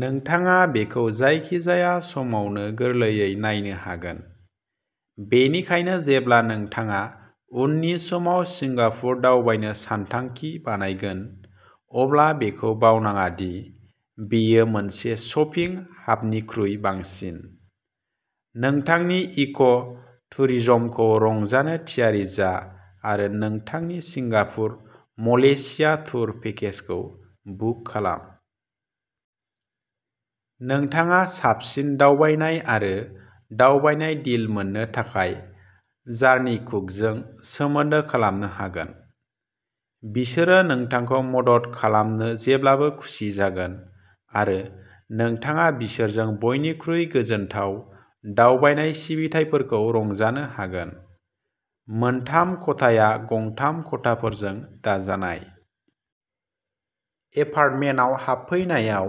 नोंथाङा बेखौ जायखिजाया समावनो गोरलैयै नायनो हागोन। बेनिखायनो जेब्ला नोंथाङा उननि समाव सिंगापुर दावबायनो सानथांखि बानायगोन, अब्ला बेखौ बावनाङा दि बेयो मोनसे शपिं हाबनिख्रुइ बांसिन। नोंथांनि इक' टुरिजमखौ रंजानो थियारि जा आरो नोंथांनि सिंगापुर मलेशिया टुर पेकेजखौ बुक खालाम। नोंथाङा साबसिन दावबायनाय आरो दावबायनाय डिल मोननो थाखाय जार्नीकुकजों सोमोन्दो खालामनो हागोन। बिसोरो नोंथांखौ मदद खालामनो जेब्लाबो खुसि जागोन आरो नोंथाङा बिसोरजों बयनिख्रुइ गोजोनथाव दावबायनाय सिबिथाइफोरखौ रंजानो हागोन। मोनथाम खथाया गंथाम खथाफोरजों दाजानाय। एपार्टमेन्टआव हाबफैनायाव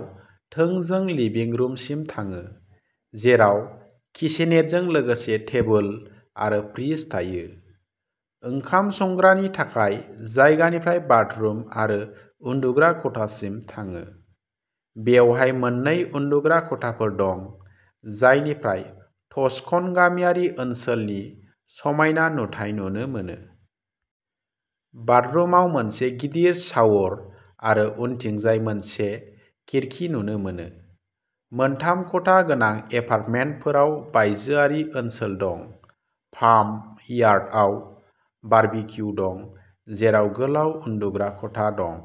थोंजों लिभिं रुमसिम थाङो जेराव किचेनेटजों लोगोसे टेबोल आरो फ्रिज थायो। ओंखाम संग्रानि थाखाय जायगानिफ्राय बाथरुम आरो उन्दुग्रा खथासिम थाङो। बेवहाय मोन्नै उन्दुग्रा खथाफोर दं जायनिफ्राय टस्कन गामियारि ओनसोलनि समायना नुथाय नुनो मोनो। बाथरुमाव मोनसे गिदिर शावर आरो उनथिंजाय मोनसे खिरखि नुनो मोनो। मोनथाम खथा गोनां एपार्टमेन्टफोराव बायजोआरि ओनसोल दं, फार्म यार्डआव बारबिक्यु दं जेराव गोलाव उन्दुग्रा खथा दं।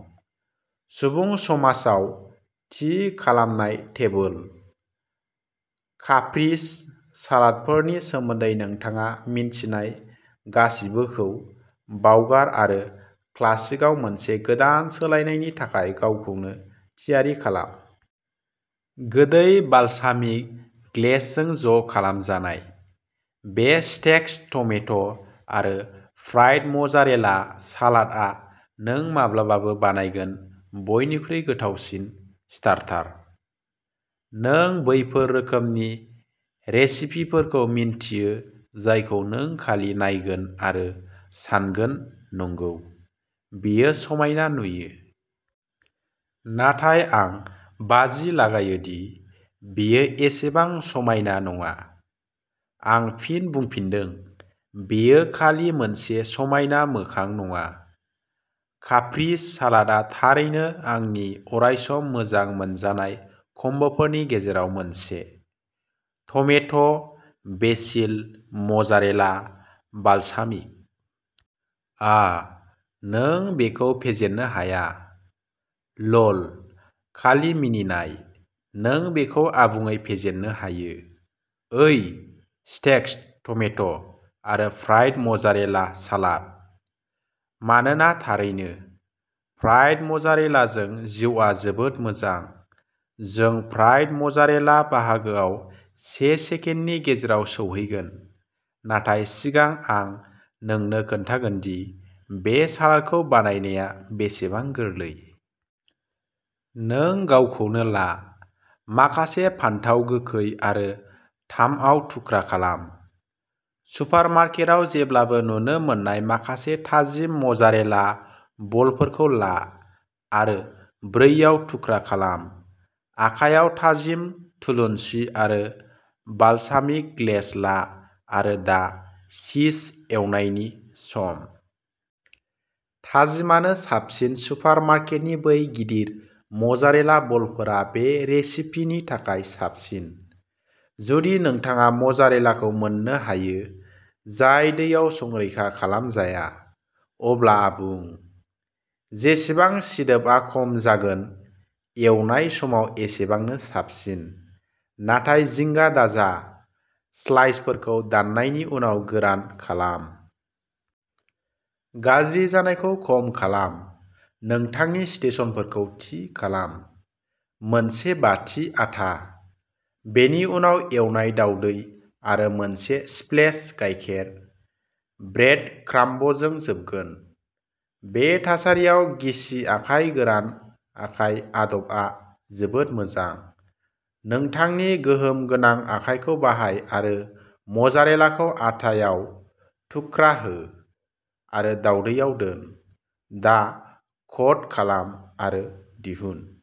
सुबुं समाजाव थि खालामनाय टेबोल। काप्रीस सालादफोरनि सोमोन्दै नोंथाङा मिन्थिनाय गासिबोखौ बावगार आरो क्लासिकआव मोनसे गोदान सोलायनायनि थाखाय गावखौनो थियारि खालाम। गोदै बालसामिक ग्लेजजों ज' खालामजानाय, बे स्टेक्स टमेट' आरो फ्राइड मजारेला सालादआ नों माब्लाबाबो बानायगोन बयनिख्रुइ गोथावसिन स्टार्टार! नों बैफोर रोखोमनि रेसिपिफोरखौ मिन्थियो जायखौ नों खालि नायगोन आरो सानगोन नंगौ, बेयो समायना नुयो। नाथाय आं बाजि लागायो दि बेयो एसेबां समायना नङा। आं फिन बुंफिनदों, बेयो खालि मोनसे समायना मोखां नङा। काप्रीस सालादआ थारैनो आंनि अरायसम मोजां मोनजानाय कम्बोफोरनि गेजेराव मोनसे। Tomato', basil, mozzarella, balsamic. आह। नों बेखौ फेजेननो हाया। ल'ल खालि मिनिनाय, नों बेखौ आबुङै फेजेननो हायो। ओइ, स्टेक्स टमेट' आरो फ्राइड मजारेला सालाद! मानोना थारैनो, फ्राइड मजारेलाजों जिउआ जोबोद मोजां। जों फ्रायड मजारेला बाहागोआव से सेकेन्डनि गेजेराव सौहैगोन, नाथाय सिगां आं नोंनो खोन्थागोन दि बे सालादखौ बानायनाया बेसेबां गोरलै। नों गावखौनो ला। माखासे फानथाव गोखै आरो थामआव थुख्रा खालाम। सुपारमार्केटआव जेब्लाबो नुनो मोननाय माखासे थाजिम मजारेला बलफोरखौ ला आरो ब्रैआव थुख्रा खालाम। आखायाव थाजिम थुलुनसि आरो बालसामिक ग्लेज ला आरो दा चिज एवनायनि सम! थाजिमानो साबसिन सुपारमार्केटनि बै गिदिर मजारेला बलफोरा बे रेसिपिनि थाखाय साबसिन। जुदि नोंथाङा मजारेलाखौ मोननो हायो जाय दैयाव संरैखा खालामजाया, अब्ला आबुं। जेसेबां सिदोबआ खम जागोन, एवनाय समाव एसेबांनो साबसिन। नाथाय जिंगा दाजा, स्लाइसफोरखौ दाननायनि उनाव गोरान खालाम! गाज्रि जानायखौ खम खालाम नोंथांनि स्टेशनफोरखौ थि खालामः मोनसे बाटि आटा, बेनि उनाव एवनाय दावदै आरो मोनसे स्प्लेश गायखेर, ब्रेडक्राम्बजों जोबगोन। बे थासारियाव गिसि आखाय गोरान आखाय आदबआ जोबोद मोजां। नोंथांनि गोहोम गोनां आखायखौ बाहाय आरो मजारेलाखौ आटा आव थुख्रा हो आरो दावदैआव दोन। दा क'ट खालाम आरो दिहुन।